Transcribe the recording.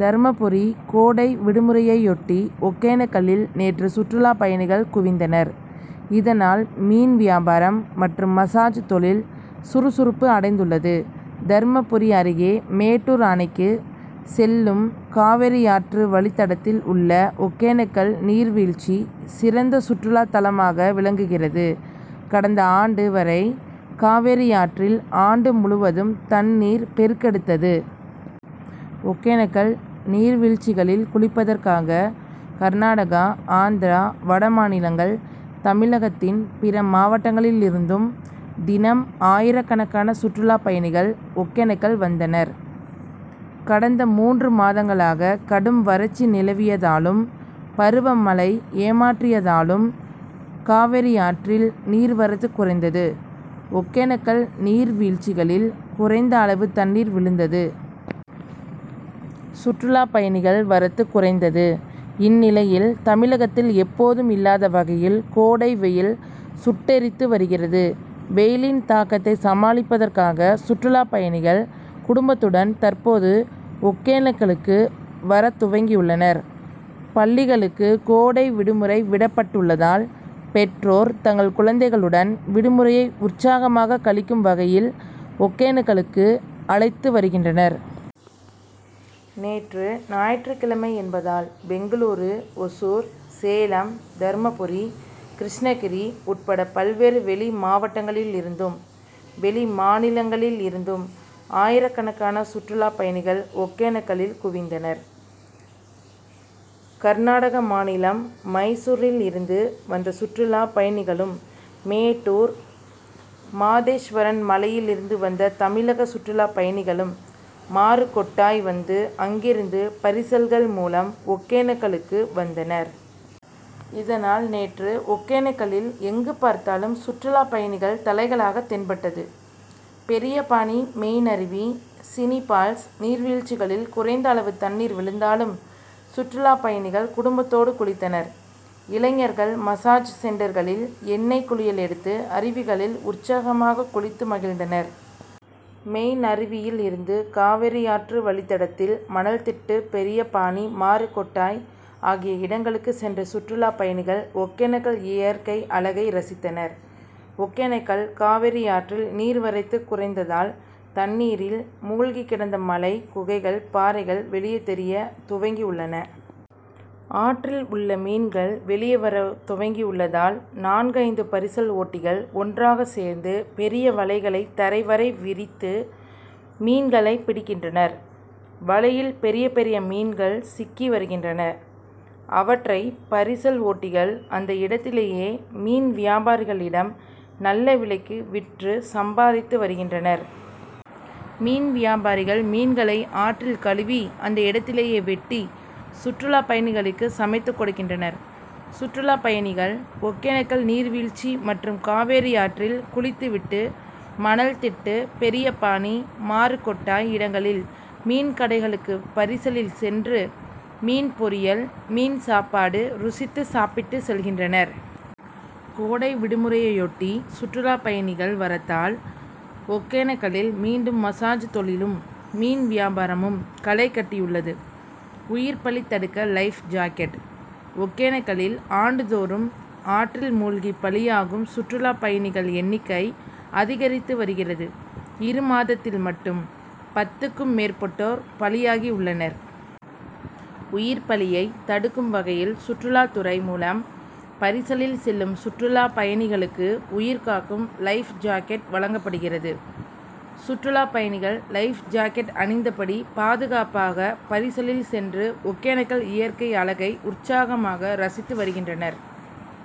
தர்மபுரி கோடை விடுமுறையையொட்டி ஒகேனக்கலில் நேற்று சுற்றுலா பயணிகள் குவிந்தனர். இதனால் மீன் வியாபாரம் மற்றும் மசாஜ் தொழில் சுறுசுறுப்பு அடைந்துள்ளது. தர்மபுரி அருகே மேட்டூர் அணைக்கு செல்லும் காவிரியாற்று வழித்தடத்தில் உள்ள ஒகேனக்கல் நீர் வீழ்ச்சி சிறந்த சுற்றுலாத் தலமாக விளங்குகிறது. கடந்த ஆண்டு வரை காவிரியாற்றில் ஆண்டு முழுவதும் தண்ணீர் பெருக்கெடுத்தது. ஒகேனக்கல் நீர் வீழ்ச்சிகளில் குளிப்பதற்காக கர்நாடகா ஆந்திரா வடமாநிலங்கள் தமிழகத்தின் பிற மாவட்டங்களிலிருந்தும் தினம் ஆயிரக்கணக்கான சுற்றுலா பயணிகள் ஒகேனக்கல் வந்தனர். கடந்த மூன்று மாதங்களாக கடும் வறட்சி நிலவியதாலும் பருவ மழை ஏமாற்றியதாலும் காவிரியாற்றில் நீர்வரத்து குறைந்தது. ஒகேனக்கல் நீர் வீழ்ச்சிகளில் குறைந்த அளவு தண்ணீர் விழுந்தது. சுற்றுலா பயணிகள் வரத்து குறைந்தது. இந்நிலையில் தமிழகத்தில் எப்போதும் இல்லாத வகையில் கோடை வெயில் சுட்டெரித்து வருகிறது. வெயிலின் தாக்கத்தை சமாளிப்பதற்காக சுற்றுலா பயணிகள் குடும்பத்துடன் தற்போது ஒகேனக்கலுக்கு வரத் துவங்கியுள்ளனர். பள்ளிகளுக்கு கோடை விடுமுறை விடப்பட்டுள்ளதால் பெற்றோர் தங்கள் குழந்தைகளுடன் விடுமுறையை உற்சாகமாக கழிக்கும் வகையில் ஒகேனக்கலுக்கு அழைத்து வருகின்றனர். நேற்று ஞாயிற்றுக் கிழமை என்பதால் பெங்களூரு ஓசூர் சேலம் தர்மபுரி கிருஷ்ணகிரி உட்பட பல்வேறு வெளி மாவட்டங்களிலிருந்தும் வெளி மாநிலங்களில் இருந்தும் ஆயிரக்கணக்கான சுற்றுலா பயணிகள் ஒகேனக்கலில் குவிந்தனர். கர்நாடக மாநிலம் மைசூரில் இருந்து வந்த சுற்றுலா பயணிகளும் மேட்டூர் மாதேஸ்வரன் மலையில் இருந்து வந்த தமிழக சுற்றுலா பயணிகளும் மாருகொட்டாய் வந்து அங்கிருந்து பரிசல்கள் மூலம் ஒகேனக்கலுக்கு வந்தனர். இதனால் நேற்று ஒகேனக்கலில் எங்கு பார்த்தாலும் சுற்றுலா பயணிகள் தலைகளாக தென்பட்டது. பெரியபாணி மெயின் அருவி சினி பால்ஸ் நீர்வீழ்ச்சிகளில் குறைந்த அளவு தண்ணீர் விழுந்தாலும் சுற்றுலா பயணிகள் குடும்பத்தோடு குளித்தனர். இளைஞர்கள் மசாஜ் சென்டர்களில் எண்ணெய் குளியல் எடுத்து அருவிகளில் உற்சாகமாக குளித்து மகிழ்ந்தனர். மெயின் அருவியில் இருந்து காவிரியாற்று வழித்தடத்தில் மணல் திட்டு பெரியபாணி மாருகொட்டாய் ஆகிய இடங்களுக்கு சென்ற சுற்றுலா பயணிகள் ஒகேனக்கல் இயற்கை அழகை ரசித்தனர். ஒகேனக்கல் காவிரியாற்றில் நீர் வரத்து குறைந்ததால் தண்ணீரில் மூழ்கி கிடந்த மலை குகைகள் பாறைகள் வெளியே தெரிய துவங்கி உள்ளன. ஆற்றில் உள்ள மீன்கள் வெளியே வர துவங்கியுள்ளதால் நான்கு ஐந்து பரிசல் ஓட்டிகள் ஒன்றாக சேர்ந்து பெரிய வலைகளை தரை வரை விரித்து மீன்களை பிடிக்கின்றனர். வலையில் பெரிய பெரிய மீன்கள் சிக்கி வருகின்றன. அவற்றை பரிசல் ஓட்டிகள் அந்த இடத்திலேயே மீன் வியாபாரிகளிடம் நல்ல விலைக்கு விற்று சம்பாதித்து வருகின்றனர். மீன் வியாபாரிகள் மீன்களை ஆற்றில் கழுவி அந்த இடத்திலேயே வெட்டி சுற்றுலா பயணிகளுக்கு சமைத்து கொடுக்கின்றனர். சுற்றுலா பயணிகள் ஒகேனக்கல் நீர் வீழ்ச்சி மற்றும் காவிரியாற்றில் குளித்து விட்டு மணல் திட்டு பெரியபாணி மாருகொட்டாய் இடங்களில் மீன்கடைகளுக்கு பரிசலில் சென்று மீன் பொரியல் மீன் சாப்பாடு ருசித்து சாப்பிட்டு செல்கின்றனர். கோடைவிடுமுறையொட்டி சுற்றுலா பயணிகள் வரத்தால் ஒகேனக்கலில் மீண்டும் மசாஜ் தொழிலும் மீன் வியாபாரமும் களை கட்டியுள்ளது. உயிர் பலி தடுக்க லைப் ஜாக்கெட் ஒகேனக்கலில் ஆண்டுதோறும் ஆற்றில் மூழ்கி பலியாகும் சுற்றுலா பயணிகள் எண்ணிக்கை அதிகரித்து வருகிறது. இரு மாதத்தில் மட்டும் பத்துக்கும் மேற்பட்டோர் பலியாகி உள்ளனர். உயிர் பலியை தடுக்கும் வகையில் சுற்றுலா துறை மூலம் பரிசலில் செல்லும் சுற்றுலா பயணிகளுக்கு உயிர்காக்கும் லைப்ஜாக்கெட் வழங்கப்படுகிறது. சுற்றுலா பயணிகள் லைப் ஜாக்கெட் அணிந்தபடி பாதுகாப்பாக பரிசலில் சென்று ஒகேனக்கல் இயற்கை அழகை உற்சாகமாக ரசித்து வருகின்றனர்.